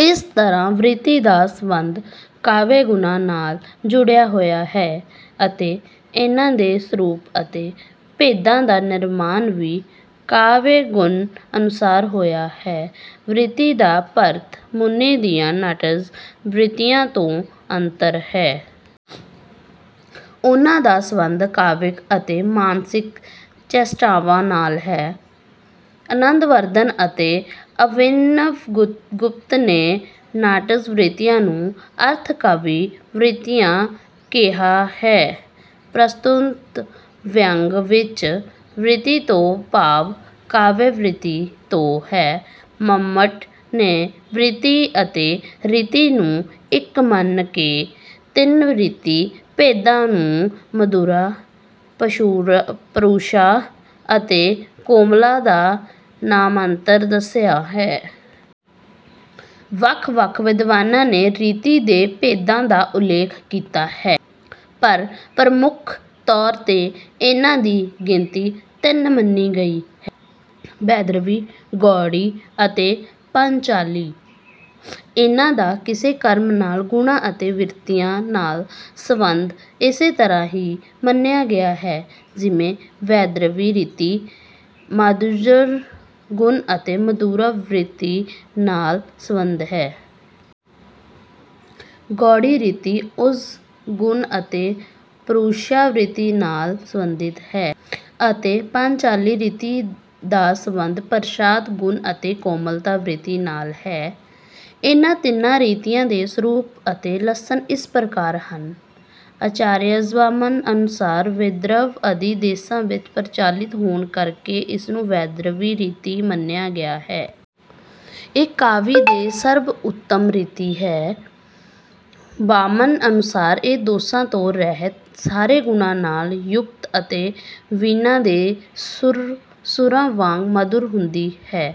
ਇਸ ਤਰ੍ਹਾਂ ਵ੍ਰਿਤੀ ਦਾ ਸਬੰਧ ਕਾਵਿ-ਗੁਣਾਂ ਨਾਲ ਜੁੜਿਆ ਹੋਇਆ ਹੈ ਅਤੇ ਇਨ੍ਹਾਂ ਦੇ ਸਰੂਪ ਅਤੇ ਭੇਦਾਂ ਦਾ ਨਿਰਮਾਣ ਵੀ ਕਾਵਿ-ਗੁਣ ਅਨੁਸਾਰ ਹੋਇਆ ਹੈ। ਵ੍ਰਿਤੀ ਦਾ ਭਰਤ ਮੁਨੀ ਦੀਆਂ ਨਾਟਲ ਵ੍ਰਿਤੀਆਂ ਤੋਂ ਅੰਤਰ ਹੈ। ਉਨ੍ਹਾਂ ਦਾ ਸਬੰਧ ਕਾਵਿਕ ਅਤੇ ਮਾਨਸਿਕ ਚੇਸ਼ਟਾਵਾਂ ਨਾਲ ਹੈ। ਆਨੰਦਵਰਧਨ ਅਤੇ ਅਭਿਨਗੁਪਤ ਨੇ ਨਾਟਯ ਵ੍ਰਿਤੀਆਂ ਨੂੰ ਅਰਥ-ਕਾਵਿ ਵ੍ਰਿਤੀਆਂ ਕਿਹਾ ਹੈ। ਪ੍ਰਸਤੁਤ ਪ੍ਰਸੰਗ ਵਿੱਚ ਵ੍ਰਿਤੀ ਤੋਂ ਭਾਵ ਕਾਵਿ-ਵ੍ਰਿਤੀ ਤੋਂ ਹੈ। ਮੰਮਟ ਨੇ ਵ੍ਰਿਤੀ ਅਤੇ ਰੀਤੀ ਨੂੰ ਇੱਕ ਮੰਨ ਕੇ ਤਿੰਨ ਰੀਤੀ ਭੇਦਾਂ ਨੂੰ ਮਧੁਰਾ, ਪਰੂਸ਼ਾ ਅਤੇ ਕੋਮਲਾ ਦਾ ਨਾਮਾਂਤਰ ਦੱਸਿਆ ਹੈ। ਵੱਖ-ਵੱਖ ਵਿਦਵਾਨਾਂ ਨੇ ਰੀਤੀ ਦੇ ਭੇਦਾਂ ਦਾ ਉਲੇਖ ਕੀਤਾ ਹੈ, ਪਰ ਪ੍ਰਮੁੱਖ ਤੌਰ 'ਤੇ ਇਨ੍ਹਾਂ ਦੀ ਗਿਣਤੀ ਤਿੰਨ ਮੰਨੀ ਗਈ ਹੈ - ਵੈਦਰਭੀ, ਗੌੜੀ ਅਤੇ ਪਾਂਚਾਲੀ। ਇਨ੍ਹਾਂ ਦਾ ਇਸੇ ਕ੍ਰਮ ਨਾਲ ਗੁਣਾਂ ਅਤੇ ਵ੍ਰਿਤੀਆਂ ਨਾਲ ਸਬੰਧ ਇਸੇ ਤਰ੍ਹਾਂ ਹੀ ਮੰਨਿਆ ਗਿਆ ਹੈ, ਜਿਵੇਂ ਵੈਦਰਭੀ ਰੀਤੀ ਮਾਧੁਰਯ ਗੁਣ ਅਤੇ ਮਧੁਰਾ ਵ੍ਰਿਤੀ ਨਾਲ ਸਬੰਧ ਹੈ। ਗੌੜੀ ਰੀਤੀ ਓਜ ਗੁਣ ਅਤੇ ਪਰੂਸ਼ਾ ਵ੍ਰਿਤੀ ਨਾਲ ਸਬੰਧਿਤ ਹੈ। ਅਤੇ ਪਾਂਚਾਲੀ ਰੀਤੀ ਦਾ ਸਬੰਧ ਪ੍ਰਸ਼ਾਦ ਗੁਣ ਅਤੇ ਕੋਮਲਤਾ ਵ੍ਰਿਤੀ ਨਾਲ ਹੈ। ਇਨ੍ਹਾਂ ਤਿੰਨਾਂ ਰੀਤੀਆਂ ਦੇ ਸਰੂਪ ਅਤੇ ਲੱਸਣ ਇਸ ਪ੍ਰਕਾਰ ਹਨ - ਆਚਾਰਯ ਵਾਮਨ ਅਨੁਸਾਰ ਵਿਦਰਭ ਆਦਿ ਦੇਸ਼ਾਂ ਵਿੱਚ ਪ੍ਰਚਲਿਤ ਹੋਣ ਕਰਕੇ ਇਸਨੂੰ ਵੈਦਰਭੀ ਰੀਤੀ ਮੰਨਿਆ ਗਿਆ ਹੈ। ਇਹ ਕਾਵਿ ਦੀ ਸਰਵ-ਉੱਤਮ ਰੀਤੀ ਹੈ। ਵਾਮਨ ਅਨੁਸਾਰ ਇਹ ਦੋਸਾ ਤੋਂ ਰਹਿਤ, ਸਾਰੇ ਗੁਣਾਂ ਨਾਲ ਯੁਕਤ ਅਤੇ ਵੀਣਾ ਦੇ ਸੁਰਾਂ ਵਾਂਗ ਮਧੁਰ ਹੁੰਦੀ ਹੈ।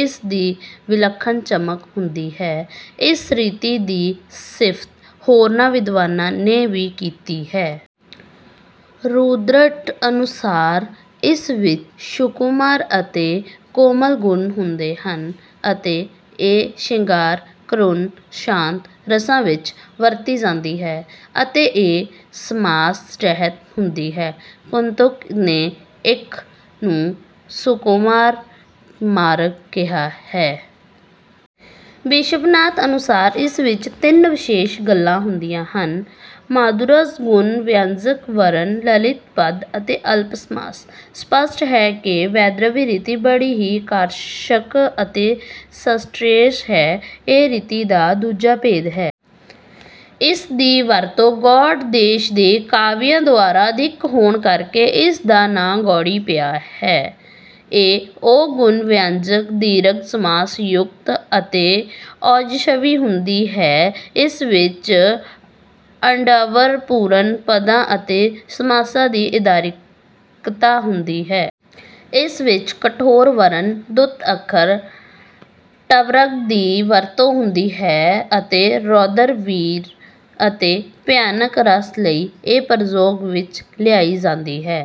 ਇਸ ਦੀ ਵਿਲੱਖਣ ਚਮਕ ਹੁੰਦੀ ਹੈ। ਇਸ ਰੀਤੀ ਦੀ ਸਿਫਤ ਹੋਰਨਾਂ ਵਿਦਵਾਨਾਂ ਨੇ ਵੀ ਕੀਤੀ ਹੈ। ਰੁਦ੍ਰਟ ਅਨੁਸਾਰ ਇਸ ਵਿੱਚ ਸੁਕੁਮਾਰ ਅਤੇ ਕੋਮਲ ਗੁਣ ਹੁੰਦੇ ਹਨ। ਅਤੇ ਇਹ ਸ਼ਿੰਗਾਰ, ਕਰੁਣ, ਸ਼ਾਂਤ ਰਸਾਂ ਵਿੱਚ ਵਰਤੀ ਜਾਂਦੀ ਹੈ ਅਤੇ ਇਹ ਸਮਾਸ-ਰਹਿਤ ਹੁੰਦੀ ਹੈ। ਕੁੰਤਕ ਨੇ ਇਕ ਨੂੰ ਸੁਕੁਮਾਰ ਮਾਰਗ ਕਿਹਾ ਹੈ। ਵਿਸ਼ਵਨਾਥ ਅਨੁਸਾਰ ਇਸ ਵਿੱਚ ਤਿੰਨ ਵਿਸ਼ੇਸ਼ ਗੱਲਾਂ ਹੁੰਦੀਆਂ ਹਨ - ਮਾਧੁਰਯ ਗੁਣ-ਵਿਅੰਜਕ ਵਰਣ, ਲਲਿਤ ਪਦ ਅਤੇ ਅਲਪ ਸਮਾਸ। ਸਪੱਸ਼ਟ ਹੈ ਕਿ ਵੈਦਰਭੀ ਰੀਤੀ ਬੜੀ ਆਕਰਸ਼ਕ ਅਤੇ ਸ੍ਰੇਸ਼ਟ ਹੈ। ਇਹ ਰੀਤੀ ਦਾ ਦੂਜਾ ਭੇਦ ਹੈ। ਇਸ ਦੀ ਵਰਤੋਂ ਗੌੜ ਦੇਸ਼ ਦੇ ਕਾਵੀਆਂ ਦੁਆਰਾ ਅਧਿਕ ਹੋਣ ਕਰਕੇ ਇਸ ਦਾ ਨਾਂ ਗੌੜੀ ਪਿਆ ਹੈ। ਇਹ ਓਹ ਗੁਣ-ਵਿਅੰਜਕ, ਦੀਰਘ ਸਮਾਸ-ਯੁਕਤ ਅਤੇ ਔਜਸ਼ਵੀ ਹੁੰਦੀ ਹੈ। ਇਸ ਵਿੱਚ ਆਡੰਬਰ-ਪੂਰਨ ਪਦਾਂ ਅਤੇ ਸਮਾਸਾਂ ਦੀ ਅਧਿਰਕਤਾ ਹੁੰਦੀ ਹੈ। ਇਸ ਵਿੱਚ ਕਠੋਰ ਵਰਣ, ਦੁੱਤ ਅੱਖਰ, ਟਵਰਗ ਦੀ ਵਰਤੋਂ ਹੁੰਦੀ ਹੈ ਅਤੇ ਰੌਦਰ, ਵੀਰ ਅਤੇ ਭਿਆਨਕ ਰਸ ਲਈ ਇਹ ਪ੍ਰਯੋਗ ਵਿੱਚ ਲਿਆਈ ਜਾਂਦੀ ਹੈ।